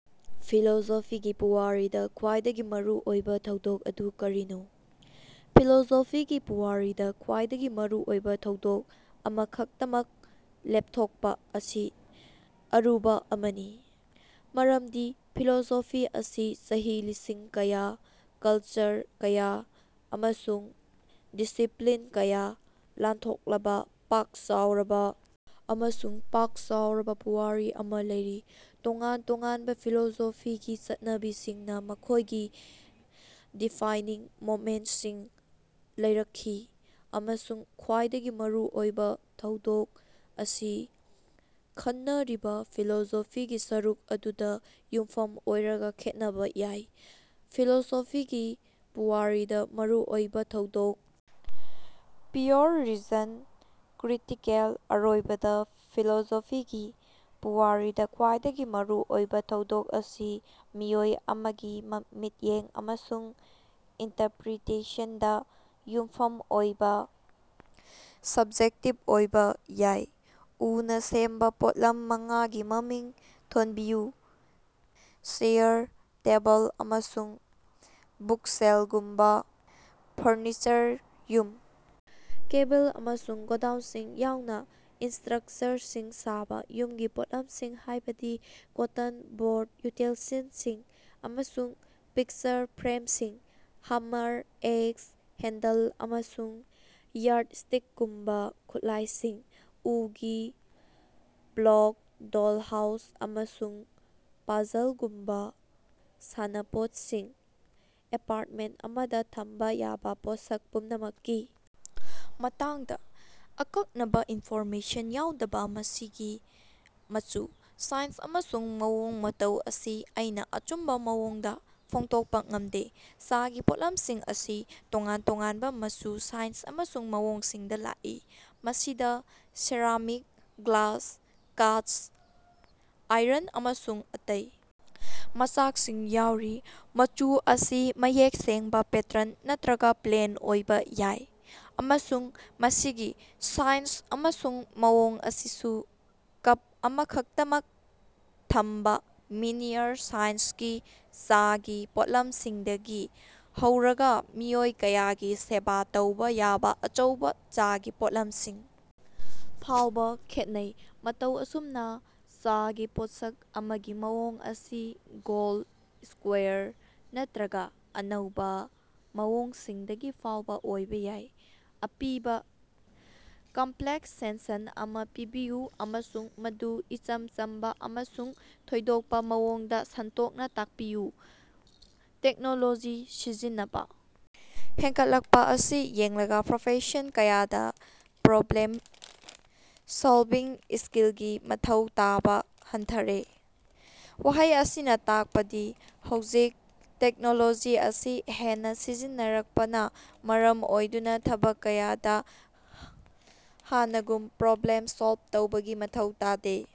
ꯐꯤꯂꯣꯁꯣꯐꯤꯒꯤ ꯄꯨꯋꯥꯔꯤꯗ ꯈ꯭ꯋꯥꯏꯗꯒꯤ ꯃꯔꯨ ꯑꯣꯏꯕ ꯊꯧꯗꯣꯛ ꯑꯗꯨ ꯀꯔꯤꯅꯣ? ꯐꯤꯂꯣꯁꯣꯐꯤꯒꯤ ꯄꯨꯋꯥꯔꯤꯗ ꯈ꯭ꯋꯥꯏꯗꯒꯤ ꯃꯔꯨ ꯑꯣꯏꯕ ꯊꯧꯗꯣꯛ ꯑꯃꯈꯛꯇꯃꯛ ꯂꯦꯞꯊꯣꯛꯄ ꯑꯁꯤ ꯑꯔꯨꯕ ꯑꯃꯅꯤ ꯃꯔꯝꯗꯤ ꯐꯤꯂꯣꯁꯣꯐꯤ ꯑꯁꯤ ꯆꯍꯤ ꯂꯤꯁꯤꯡ ꯀꯌꯥ, ꯀꯜꯆꯔ ꯀꯌꯥ ꯑꯃꯁꯨꯡ ꯗꯤꯁꯤꯞꯂꯤꯟ ꯀꯌꯥ ꯂꯥꯟꯊꯣꯛꯂꯕ ꯄꯥꯛ ꯆꯥꯎꯔꯕ ꯑꯃꯁꯨꯡ ꯄꯥꯛ ꯆꯥꯎꯔꯕ ꯄꯨꯋꯥꯔꯤ ꯑꯃꯥ ꯂꯩꯔꯤ꯫ ꯇꯣꯉꯥꯟ ꯇꯣꯉꯥꯟꯕ ꯐꯤꯂꯣꯁꯣꯐꯤꯒꯤ ꯆꯠꯅꯕꯤꯁꯤꯡꯅ ꯃꯈꯣꯏꯒꯤ ꯗꯤꯐꯥꯏꯡꯅꯤꯡ ꯃꯣꯃꯦꯟꯇꯁꯤꯡ ꯂꯩꯔꯛꯈꯤ, ꯑꯃꯁꯨꯡ "ꯈ꯭ꯋꯥꯏꯗꯒꯤ ꯃꯔꯨ ꯑꯣꯏꯕ ꯊꯧꯗꯣꯛ" ꯑꯁꯤ ꯈꯟꯅꯔꯤꯕ ꯐꯤꯂꯣꯁꯣꯐꯤꯒꯤ ꯁꯔꯨꯛ ꯑꯗꯨꯗ ꯌꯨꯝꯐꯝ ꯑꯣꯏꯔꯒ ꯈꯦꯠꯅꯕ ꯌꯥꯏ꯫ ꯐꯤꯂꯣꯁꯣꯐꯤꯒꯤ ꯄꯨꯋꯥꯔꯤꯗ ꯃꯔꯨ ꯑꯣꯏꯕ ꯊꯧꯗꯣꯛ "ꯄ꯭ꯌꯨꯔ ꯔꯤꯖꯟ ꯀ꯭ꯔꯤꯇꯤꯀꯦꯜ" ꯑꯔꯣꯏꯕꯗ, ꯐꯤꯂꯣꯁꯣꯐꯤꯒꯤ ꯄꯨꯋꯥꯔꯤꯗ ꯈ꯭ꯋꯥꯏꯗꯒꯤ ꯃꯔꯨ ꯑꯣꯏꯕ ꯊꯧꯗꯣꯛ ꯑꯁꯤ ꯃꯤꯑꯣꯏ ꯑꯃꯒꯤ ꯃꯤꯠꯌꯦꯡ ꯑꯃꯁꯨꯡ ꯏꯟꯇꯔꯄꯔꯤꯇꯦꯁꯟꯗ ꯌꯨꯝꯐꯝ ꯑꯣꯏꯕ ꯁꯕ꯭ꯖꯦꯛꯇꯤꯕ ꯑꯣꯏꯕ ꯌꯥꯏ꯫ ꯎꯅ ꯁꯦꯝꯕ ꯄꯣꯠꯂꯝ ꯃꯉꯥꯒꯤ ꯃꯃꯤꯡ ꯊꯣꯟꯕꯤꯌꯨ꯫ ꯆꯦꯌꯥꯔ, ꯇꯦꯕꯜ, ꯑꯃꯁꯨꯡ ꯕꯨꯛꯁꯦꯜꯒꯨꯝꯕꯥ ꯐꯔꯅꯤꯆꯔꯁꯤꯡ꯫ ꯌꯨꯝ, ꯀꯦꯕꯤꯟ, ꯑꯃꯁꯨꯡ ꯒꯣꯗꯥꯎꯟꯁꯤꯡ ꯌꯥꯎꯅ ꯏꯁ꯭ꯇꯔꯛꯆꯔꯁꯤꯡ ꯁꯥꯕ꯫ ꯌꯨꯝꯒꯤ ꯄꯣꯠꯂꯝꯁꯤꯡ ꯍꯥꯏꯕꯗꯤ ꯀꯣꯠꯇꯟ ꯕꯣꯔꯗ, ꯌꯨꯇꯦꯟꯁꯤꯜꯁꯤꯡ, ꯑꯃꯁꯨꯡ ꯄꯤꯛꯆꯔ ꯐ꯭ꯔꯦꯝꯁꯤꯡ꯫ ꯍꯥꯃꯦꯔ, ꯑꯦꯛꯁ ꯍꯦꯟꯗꯜ, ꯑꯃꯁꯨꯡ ꯌꯥꯔꯗꯏꯁ꯭ꯇꯤꯀꯒꯨꯝꯕ ꯈꯨꯠꯂꯥꯏꯁꯤꯡ꯫ ꯎꯒꯤ ꯕ꯭ꯂꯣꯛ, ꯗꯣꯜꯍꯥꯎꯁ, ꯑꯃꯁꯨꯡ ꯄꯥꯖꯜꯒꯨꯝꯕ ꯁꯥꯟꯅꯄꯣꯠꯁꯤꯡ꯫ ꯑꯦꯄꯥꯔꯇꯃꯦꯟꯇ ꯑꯃꯗ ꯊꯝꯕ ꯌꯥꯕ ꯄꯣꯠꯁꯛ ꯄꯨꯝꯅꯃꯛꯀꯤ ꯃꯇꯥꯡꯗ ꯑꯀꯛꯅꯕ ꯏꯟꯐꯣꯔꯃꯦꯁꯟ ꯌꯥꯎꯗꯅ ꯃꯁꯤꯒꯤ ꯃꯆꯨ, ꯁꯥꯏꯖ ꯑꯃꯁꯨꯡ ꯃꯑꯣꯡ ꯃꯇꯧ ꯑꯁꯤ ꯑꯩꯅ ꯑꯆꯨꯝꯕ ꯃꯑꯣꯡꯗ ꯐꯣꯡꯗꯣꯛꯄ ꯉꯝꯗꯦ꯫ ꯆꯥꯒꯤ ꯄꯣꯠꯂꯝꯁꯤꯡ ꯑꯁꯤ ꯇꯣꯉꯥꯟ ꯇꯣꯉꯥꯟꯕ ꯃꯆꯨ, ꯁꯥꯏꯖ ꯑꯃꯁꯨꯡ ꯃꯑꯣꯡꯁꯤꯡꯗ ꯂꯥꯛꯏ, ꯃꯁꯤꯗ ꯁꯦꯔꯥꯃꯤꯛ, ꯒ꯭ꯂꯥꯁ, ꯀꯥꯁ ꯑꯥꯏꯔꯟ ꯑꯃꯁꯨꯡ ꯑꯇꯩ ꯃꯆꯥꯛꯁꯤꯡ ꯌꯥꯎꯔꯤ꯫ ꯃꯆꯨ ꯑꯁꯤ ꯃꯌꯦꯛ ꯁꯦꯡꯕ, ꯄꯦꯇꯔꯟ ꯅꯠꯇ꯭ꯔꯒꯥ ꯄ꯭ꯂꯦꯟ ꯑꯣꯏꯕ ꯌꯥꯏ, ꯑꯃꯁꯨꯡ ꯃꯁꯤꯒꯤ ꯁꯥꯏꯖ ꯑꯃꯁꯨꯡ ꯃꯑꯣꯡ ꯑꯁꯤꯁꯨ ꯀꯞ ꯑꯃꯈꯛꯇꯃꯛ ꯊꯝꯕ ꯃꯤꯅꯤꯌꯔ ꯁꯥꯏꯖꯒꯤ ꯆꯥꯒꯤ ꯄꯣꯠꯂꯝꯁꯤꯡꯗꯒꯤ ꯍꯧꯔꯒꯥ ꯃꯤꯑꯣꯏ ꯀꯌꯥꯒꯤ ꯁꯦꯕ ꯇꯧꯕ ꯌꯥꯕ ꯑꯆꯧꯕ ꯆꯥꯒꯤ ꯄꯣꯠꯂꯝꯁꯤꯡ ꯐꯥꯎꯕ ꯈꯦꯠꯅꯩ꯫ ꯃꯇꯧ ꯑꯁꯨꯝꯅ ꯆꯥꯒꯤ ꯄꯣꯠꯁꯛ ꯑꯃꯒꯤ ꯃꯑꯣꯡ ꯑꯁꯤ ꯒꯣꯜꯗ, ꯏꯁ꯭ꯀꯌꯥꯔ ꯅꯠꯇ꯭ꯔꯒꯥ ꯑꯅꯧꯕ ꯃꯑꯣꯡꯁꯤꯡꯗꯒꯤ ꯐꯥꯎꯕ ꯑꯣꯏꯕ ꯌꯥꯏ꯫ ꯑꯄꯤꯕ ꯀꯝꯞꯂꯦꯛꯁ ꯁꯦꯟꯁꯟ ꯑꯃ ꯄꯥꯕꯤꯌꯨ ꯑꯃꯁꯨꯡ ꯃꯗꯨ ꯏꯆꯝ ꯆꯝꯕ ꯑꯃꯁꯨꯡ ꯊꯣꯏꯗꯣꯛꯄ ꯃꯑꯣꯡꯗ ꯁꯟꯗꯣꯛꯅ ꯇꯥꯛꯄꯤꯌꯨ꯫ ꯇꯦꯛꯅꯣꯂꯣꯖꯤ ꯁꯤꯖꯤꯟꯅꯕ ꯍꯦꯟꯒꯠꯂꯛꯄ ꯑꯁꯤ ꯌꯦꯡꯂꯒ, ꯄ꯭ꯔꯣꯐꯦꯁꯟ ꯀꯌꯥꯗ ꯄ꯭ꯔꯣꯕ꯭ꯂꯦꯝ ꯁꯣꯜꯕꯤꯡ ꯁ꯭ꯀꯤꯜꯒꯤ ꯃꯊꯧ ꯇꯥꯕ ꯍꯟꯊꯔꯦ꯫ ꯋꯥꯍꯩ ꯑꯁꯤꯅ ꯇꯥꯛꯄꯗꯤ ꯍꯧꯖꯤꯛ ꯇꯦꯛꯅꯣꯂꯣꯖꯤ ꯑꯁꯤ ꯍꯦꯟꯅ ꯁꯤꯖꯤꯟꯅꯔꯛꯄꯅ ꯃꯔꯝ ꯑꯣꯏꯗꯨꯅ ꯊꯕꯛ ꯀꯌꯥꯗ ꯍꯥꯟꯉꯨꯝ ꯄ꯭ꯔꯣꯕ꯭ꯂꯦꯝ ꯁꯣꯜꯕ ꯇꯧꯕꯒꯤ ꯃꯊꯧ ꯇꯥꯗꯦ꯫